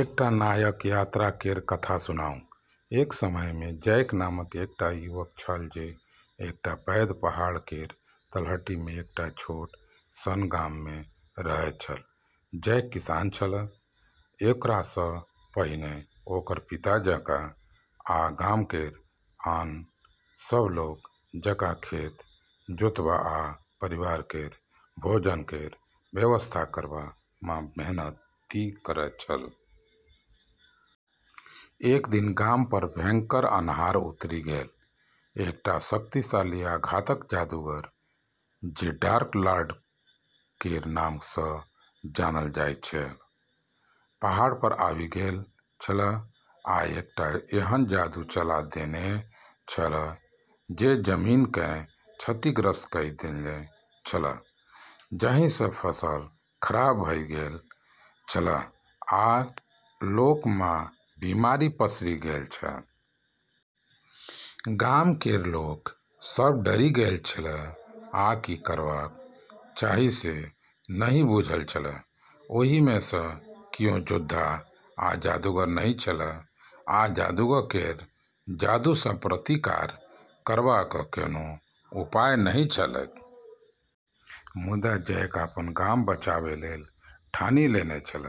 एकटा नायक यात्रा केर कथा सुनाउ। एक समय मे जैक नामक एकटा युवक छल जे एकटा पैघ पहाड़ केर तलहटी मे एकटा छोट सन गाम मे रहैत छल। जैक किसान छल, ओकरा सँ पहिने ओकर पिता जकाँ, आ गाम केर आन सभ लोक जकाँ खेत जोतबा आ परिवार केर भोजन केर व्यवस्था करबा मे मेहनति करैत छल। एक दिन गाम पर भयंकर अन्हार उतरि गेल। एकटा शक्तिशाली आ घातक जादूगर, जे डार्क लॉर्ड केर नाम सँ जानल जाइत छल, पहाड़ पर आबि गेल छल आ एकटा एहन जादू चला देने छल जे जमीन केँ क्षतिग्रस्त कऽ देने छल, जाहि सँ फसल खराब भऽ गेल छल आ लोक मे बीमारी पसरि गेल छल। गाम केर लोक सभ डरि गेल छल आ की करबाक चाही से नहि बुझल छल। ओहि मे सँ कियो योद्धा आ जादूगर नहि छल, आ जादूगर केर जादू सँ प्रतिकार करबाक कोनो उपाय नहि छलैक। मुदा जैक अपन गाम बचाबै लेल ठानि लेने छल।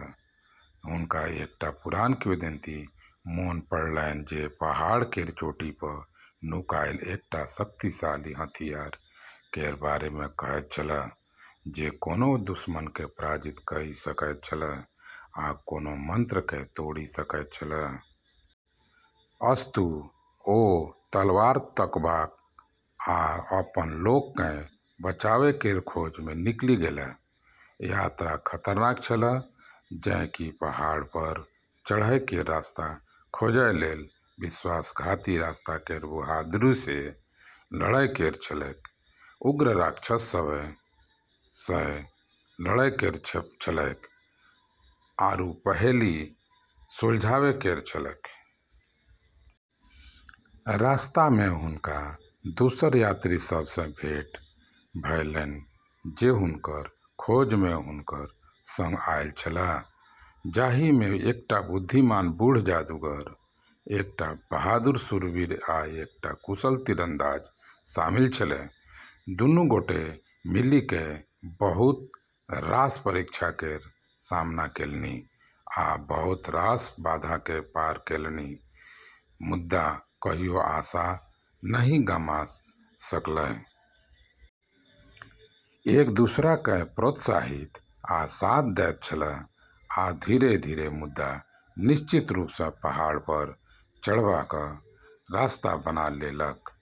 हुनका एकटा पुरान किंवदंती मोन पड़लैन जे पहाड़ केर चोटी पर नुकायल एकटा शक्तिशाली हथियार केर बारे मे कहैत छल, जे कोनो दुश्मन केँ पराजित कऽ सकैत छल आ कोनो मंत्र केँ तोड़ि सकैत छल। अस्तु, ओ तलवार तकबाक आ अपन लोक केँ बचाबै केर खोज मे निकलि गेलाह। यात्रा खतरनाक छल। जैक केँ पहाड़ पर चढ़ै केर रास्ता खोजै लेल विश्वासघाती रास्ता केर बहादुरी सँ लड़ै केर छलैक, उग्र राक्षस सभ सँ लड़ै केर छलैक, आरू पहेली सुलझाबै केर छलैक। रास्ता मे हुनका दोसर यात्री सभ सँ भेंट भेलैन जे हुनकर खोज मे हुनकर सँग आयल छलाह, जाहि मे एकटा बुद्धिमान बूढ़ जादूगर, एकटा बहादुर शूरवीर आ एकटा कुशल तीरंदाज शामिल छलाह। दुनू गोटे मिलि कऽ बहुत रास परीक्षा केर सामना केलनि आ बहुत रास बाधा केँ पार केलनि, मुदा कहियो आशा नहि गमा सकलाह। एक दोसरा केँ प्रोत्साहित आ साथ दैत छल, आ धीरे-धीरे मुदा निश्चित रूप सँ पहाड़ पर चढ़बाक रास्ता बना लेलक।